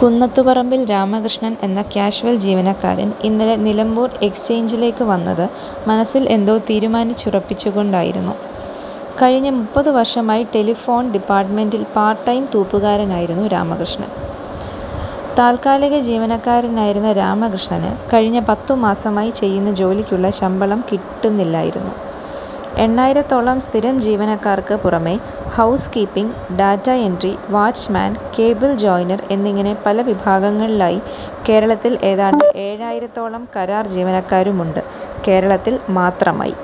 കുന്നത്തുപറമ്പിൽ രാമകൃഷ്ണൻ എന്ന കാഷ്വൽ ജീവനക്കാരൻ ഇന്നലെ നിലമ്പൂർ എക്സ്ചേഞ്ചിലെക്ക് വന്നത് മനസ്സിൽ എന്തോ തീരുമാനിച്ചുറപ്പിച്ചുകൊണ്ടായിരുന്നു. കഴിഞ്ഞ മുപ്പതുവർഷമായി ടെലിഫോൺസ് ഡിപ്പാർട്ട്മെന്റിലെ പാർട്ട് ടൈം തൂപ്പുകാരനായിരുന്നു രാമകൃഷ്ണൻ. താത്കാലിക ജീവനക്കാരനായിരുന്ന രാമകൃഷ്ണന് കഴിഞ്ഞ പത്തുമാസമായി ചെയ്യുന്ന ജോലിക്കുള്ള ശമ്പളം കിട്ടുന്നില്ലായിരുന്നു. എണ്ണായിരത്തോളം സ്ഥിരം ജീവനക്കാർക്ക് പുറമെ, housekeeping, data entry, watchman, cable joiner എന്നിങ്ങനെ പല വിഭാഗങ്ങളിലായി കേരളത്തിൽ ഏതാണ്ട് ഏഴായിരത്തോളം കരാർ ജീവനക്കാരുമുണ്ട് കേരളത്തിൽ മാത്രമായി.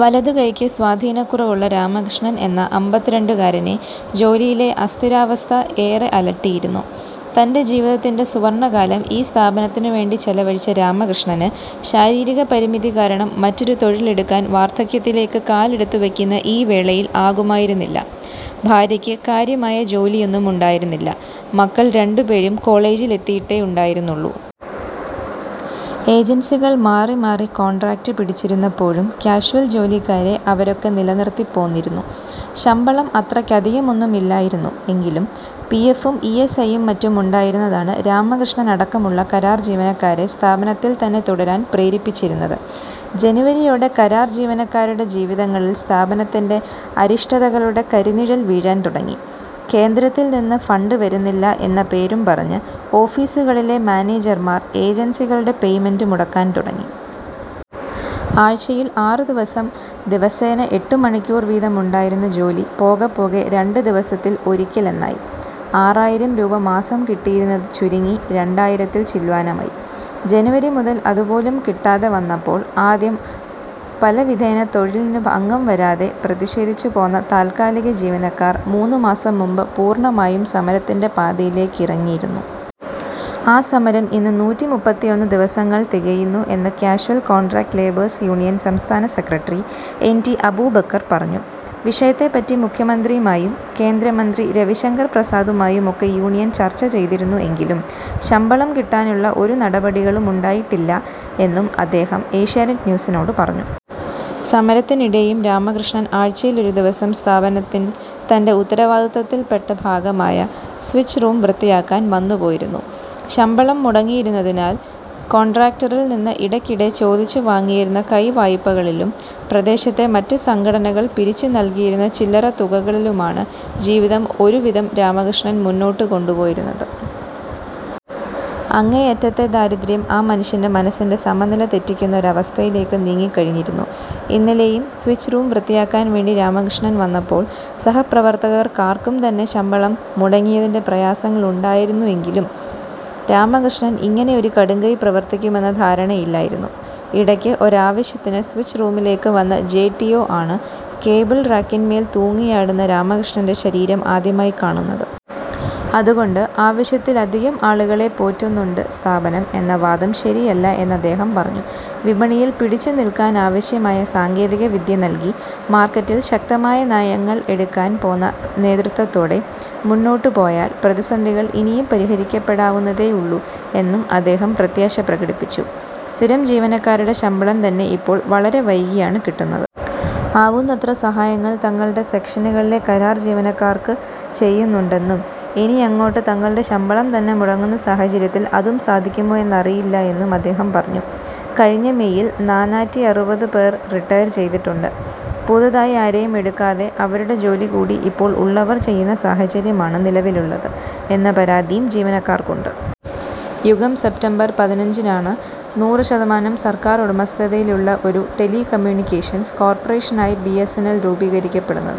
വലതുകൈക്ക് സ്വാധീനകുറവുള്ള രാമകൃഷ്ണൻ എന്ന അമ്പത്തിരണ്ടുകാരനെ ജോലിയിലെ അസ്ഥിരാവസ്ഥ ഏറെ അലട്ടിയിരുന്നു. തന്റെ ജീവിതത്തിന്റെ സുവർണകാലം ഈ സ്ഥാപനത്തിനുവേണ്ടി ചെലവഴിച്ച രാമകൃഷ്ണന് ശാരീരികപരിമിതി കാരണം മറ്റൊരു തൊഴിലെടുക്കാൻ വാർധക്യത്തിലേക്ക് കാലെടുത്തുവെക്കുന്ന ഈ വേളയിൽ ആകുമായിരുന്നില്ല. ഭാര്യക്ക് കാര്യമായ ജോലിയൊന്നും ഉണ്ടായിരുന്നില്ല. മക്കൾ രണ്ടുപേരും കോളേജിൽ എത്തിയിട്ടേ ഉണ്ടായിരുന്നുള്ളൂ. ഏജൻസികൾ മാറിമാറി കോൺട്രാക്ട് പിടിച്ചിരുന്നപ്പോഴും, കാഷ്വൽ ജോലിക്കാരെ അവരൊക്കെ നിലനിർത്തിപ്പോന്നിരുന്നു. ശമ്പളം അത്രയ്ക്കധികമൊന്നുമില്ലായിരുന്നു എങ്കിലും പിഎഫും ഇഎസ്ഐയും മറ്റും ഉണ്ടായിരുന്നതാണ് രാമകൃഷ്ണനടക്കമുള്ള കരാർ ജീവനക്കാരെ സ്ഥാപനത്തിൽ തന്നെ തുടരാൻ പ്രേരിപ്പിച്ചിരുന്നത്. ജനുവരിയോടെ കരാർ ജീവനക്കാരുടെ ജീവിതങ്ങളിൽ സ്ഥാപനത്തിന്റെ അരിഷ്ടതകളുടെ കരിനിഴൽ വീഴാൻ തുടങ്ങി. കേന്ദ്രത്തിൽ നിന്ന് ഫണ്ട് വരുന്നില്ല എന്ന പേരും പറഞ്ഞ് ഓഫീസുകളിലെ മാനേജർമാർ ഏജൻസികളുടെ പേയ്മെന്റ് മുടക്കാൻ തുടങ്ങി. ആഴ്ചയിൽ ആറുദിവസം, ദിവസേന എട്ടുമണിക്കൂർ വീതമുണ്ടായിരുന്ന ജോലി പോകെപ്പോകെ രണ്ടുദിവസത്തിൽ ഒരിക്കൽ എന്നായി. ആറായിരം രൂപ മാസം കിട്ടിയിരുന്നത് ചുരുങ്ങി രണ്ടായിരത്തിൽ ചില്വാനമായി. ജനുവരി മുതൽ അതുപോലും കിട്ടാതെ വന്നപ്പോൾ ആദ്യം പലവിധേന തൊഴിലിനു ഭംഗം വരാതെ പ്രതിഷേധിച്ചു പോന്ന താത്കാലിക ജീവനക്കാർ മൂന്നുമാസം മുമ്പ് പൂർണ്ണമായും സമരത്തിന്റെ പാതയിലേക്കിറങ്ങിയിരുന്നു. ആ സമരം ഇന്ന് നൂറ്റിമുപ്പത്തിഒന്ന് ദിവസങ്ങൾ തികയുന്നു എന്ന് കാഷ്വൽ കോൺട്രാക്ട് ലേബേഴ്സ് യൂണിയൻ സംസ്ഥാന സെക്രട്ടറി എൻ ടി അബൂബക്കർ പറഞ്ഞു. വിഷയത്തെപ്പറ്റി മുഖ്യമന്ത്രിയുമായും കേന്ദ്രമന്ത്രി രവിശങ്കർ പ്രസാദുമായും ഒക്കെ യൂണിയൻ ചർച്ച ചെയ്തിരുന്നു എങ്കിലും ശമ്പളം കിട്ടാനുള്ള ഒരു നടപടികളുമുണ്ടായിട്ടില്ല എന്നും അദ്ദേഹം ഏഷ്യാനെറ്റ് ന്യൂസിനോട് പറഞ്ഞു. സമരത്തിനിടെയും രാമകൃഷ്ണൻ ആഴ്ചയിൽ ഒരു ദിവസം സ്ഥാപനത്തിൽ തന്റെ ഉത്തരവാദിത്തത്തിൽ പെട്ട ഭാഗമായ സ്വിച്ച് റൂം വൃത്തിയാക്കാൻ വന്നുപോയിരുന്നു. ശമ്പളം മുടങ്ങിയിരുന്നതിനാൽ കോൺട്രാക്ടറിൽ നിന്ന് ഇടയ്ക്കിടെ ചോദിച്ചുവാങ്ങിയിരുന്ന കൈവായ്പകളിലും, പ്രദേശത്തെ മറ്റു സംഘടനകൾ പിരിച്ചു നൽകിയിരുന്ന ചില്ലറ തുകകളിലുമാണ് ജീവിതം ഒരുവിധം രാമകൃഷ്ണൻ മുന്നോട്ടു കൊണ്ടുപോയിരുന്നത്. അങ്ങേയറ്റത്തെ ദാരിദ്ര്യം ആ മനുഷ്യന്റെ മനസ്സിന്റെ സമനില തെറ്റിക്കുന്ന അവസ്ഥയിലേക്ക് നീങ്ങിക്കഴിഞ്ഞിരുന്നു. ഇന്നലെയും സ്വിച്ച് റൂം വൃത്തിയാക്കാൻ വേണ്ടി രാമകൃഷ്ണൻ വന്നപ്പോൾ സഹപ്രവർത്തകർക്കാർക്കും തന്നെ, ശമ്പളം മുടങ്ങിയതിന്റെ പ്രയാസങ്ങളുണ്ടായിരുന്നു എങ്കിലും രാമകൃഷ്ണൻ ഇങ്ങനെ ഒരു കടുംകൈ പ്രവർത്തിക്കുമെന്ന ധാരണയില്ലായിരുന്നു. ഇടക്ക് ഒരാവശ്യത്തിന് സ്വിച്ച് റൂമിലേക്ക് വന്ന ജെടിഓ ആണ് കേബിൾ റാക്കിന്മേൽ തൂങ്ങിയാടുന്ന രാമകൃഷ്ണന്റെ ശരീരം ആദ്യമായി കാണുന്നത്. അതുകൊണ്ട് ആവശ്യത്തിൽ അധികം ആളുകളെപ്പോറ്റുന്നുണ്ട് സ്ഥാപനം എന്ന വാദം ശരിയല്ല എന്ന് അദ്ദേഹം പറഞ്ഞു. വിപണിയിൽ പിടിച്ചു നിൽക്കാനാവശ്യമായ സാങ്കേതിക വിദ്യ നൽകി, മാർക്കറ്റിൽ ശക്തമായ നയങ്ങൾ എടുക്കാൻ പോന്ന നേതൃത്വത്തോടെ മുന്നോട്ടുപോയാൽ പ്രതിസന്ധികൾ ഇനിയും പരിഹരിക്കപ്പെടാവുന്നതേയുള്ളൂ എന്നും അദ്ദേഹം പ്രത്യാശ പ്രകടിപ്പിച്ചു. സ്ഥിരം ജീവനക്കാരുടെ ശമ്പളം തന്നെ ഇപ്പോൾ വളരെ വൈകിയാണ് കിട്ടുന്നത്. ആവുന്നത്ര സഹായങ്ങൾ തങ്ങളുടെ സെക്ഷനുകളിലെ കരാർ ജീവനക്കാർക്ക് ചെയ്യുന്നുണ്ടെന്നും, ഇനിയങ്ങോട്ട് തങ്ങളുടെ ശമ്പളം തന്നെ മുടങ്ങുന്ന സാഹചര്യത്തിൽ അതും സാധിക്കുമോ എന്നറിയില്ലെന്ന് അദ്ദേഹം പറഞ്ഞു. കഴിഞ്ഞ മെയിൽ നാനാറ്റിഅറുപത് പേർ റിട്ടയർ ചെയ്തിട്ടുണ്ട്. പുതുതായി ആരെയും എടുക്കാതെ അവരുടെ ജോലി കൂടി ഇപ്പോൾ ഉള്ളവർ ചെയ്യുന്ന സാഹചര്യമാണ് നിലവിലുള്ളത് എന്ന പരാതിയും ജീവനക്കാർക്കുണ്ട്.. യുഗം സെപ്റ്റംബർ പതിനഞ്ചിനാണ് നൂറ് ശതമാനം സർക്കാർ ഉടമസ്ഥതയിലുള്ള ഒരു ടെലികമ്യൂണിക്കേഷൻസ് കോർപ്പറേഷനായി ബിഎസ്എൻഎൽ രൂപീകരിക്കപ്പെടുന്നത്.